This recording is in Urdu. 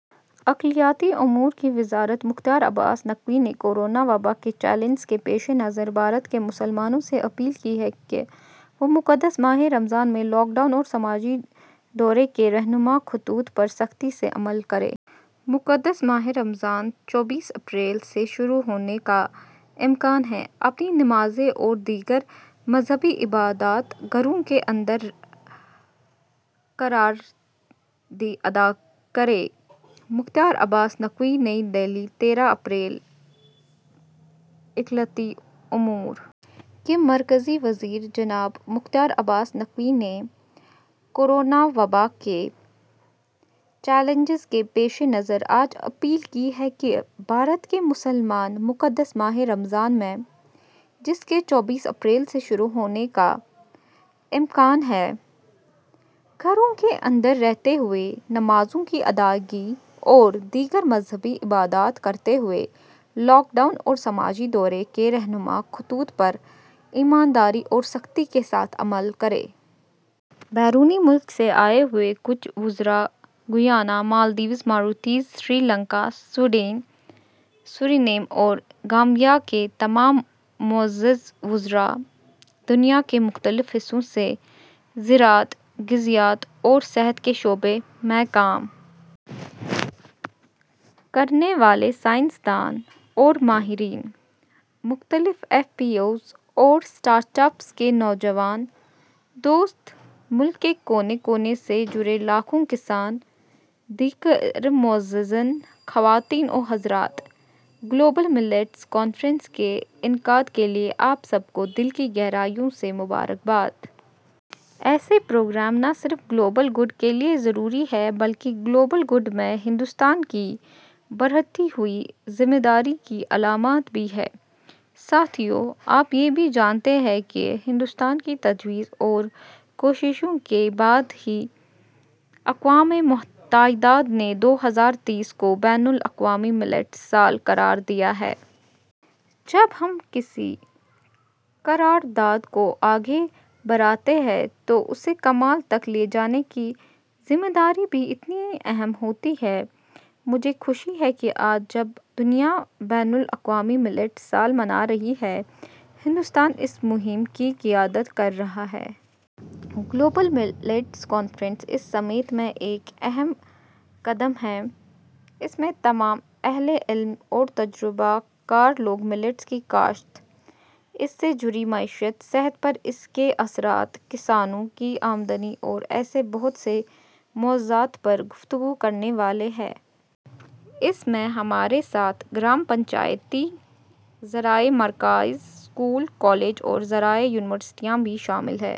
اقلیتی امور کی وزارت مختار عباس نقوی نے کورونا وبا کے چیلنجوں کے پیشِ نظر بھارت کے مسلمانوں سے اپیل کی ہے کہ وہ مقدس ماہِ رمضان میں لاک ڈاؤن اور سماجی دوری کے رہنما خطوط پر سختی سے عمل کریں۔ مقدس ماہِ رمضان چوبیس اپریل سے شروع ہونے کا امکان ہے۔ اپنی نمازیں اور دیگر مذہبی عبادات گھروں کے اندر رہ کر ادا کریں: مختار عباس نقوی نئی دہلی، تیرہ اپریل: اقلیتی امور کے مرکزی وزیر جناب مختار عباس نقوی نے کورونا وبا کے چیلنجوں کے پیشِ نظر آج اپیل کی ہے کہ بھارت کے مسلمان مقدس ماہِ رمضان میں، جس کے چوبیس اپریل سے شروع ہونے کا امکان ہے، گھروں کے اندر رہتے ہوئے نمازوں کی ادائیگی اور دیگر مذہبی عبادات کرتے ہوئے لاک ڈاؤن اور سماجی دوری کے رہنما خطوط پر ایمانداری اور سختی کے ساتھ عمل کریں۔ بیرونِ ملک سے آئے ہوئے کچھ وزراء، Guyana, Maldives, Mauritius, Sri Lanka, Sudan, Suriname اور گیمبیا کے تمام معزز وزراء، دنیا کے مختلف حصوں سے زراعت، غذائیت اور صحت کے شعبے میں کام کرنے والے سائنس دان اور ماہرین، مختلف ایف پی اوز اور اسٹارٹ اپس کے نوجوان دوست، ملک کے کونے کونے سے جڑے لاکھوں کسان، دیگر معززین، خواتین و حضرات، 'گلوبل ملیٹس کانفرنس' کے انعقاد کے لیے آپ سب کو دل کی گہرائیوں سے مبارکباد۔ ایسے پروگرام نہ صرف گلوبل گڈ کے لیے ضروری ہیں بلکہ گلوبل گڈ میں ہندوستان کی بڑھتی ہوئی ذمہ داری کی علامت بھی ہیں۔ ساتھیو، آپ یہ بھی جانتے ہیں کہ ہندوستان کی تجویز اور کوششوں کے بعد ہی اقوام متحدہ نے دو ہزار تئیس کو 'بین الاقوامی ملیٹس سال' قرار دیا ہے۔ جب ہم کسی قرارداد کو آگے بڑھاتے ہیں تو اسے کمال تک لے جانے کی ذمہ داری بھی اتنی ہی اہم ہوتی ہے۔ مجھے خوشی ہے کہ آج جب دنیا 'بین الاقوامی ملیٹس سال' منا رہی ہے، ہندوستان اس مہم کی قیادت کر رہا ہے۔ 'گلوبل ملیٹس کانفرنس' اس سمت میں ایک اہم قدم ہے۔ اس میں تمام اہلِ علم اور تجربہ کار لوگ ملیٹس کی کاشت، اس سے جڑی معیشت، صحت پر اس کے اثرات، کسانوں کی آمدنی اور ایسے بہت سے موضوعات پر گفتگو کرنے والے ہیں۔ اس میں ہمارے ساتھ گرام پنچایتیں، زرعی مراکز، اسکول، کالج اور زرعی یونیورسٹیاں بھی شامل ہیں۔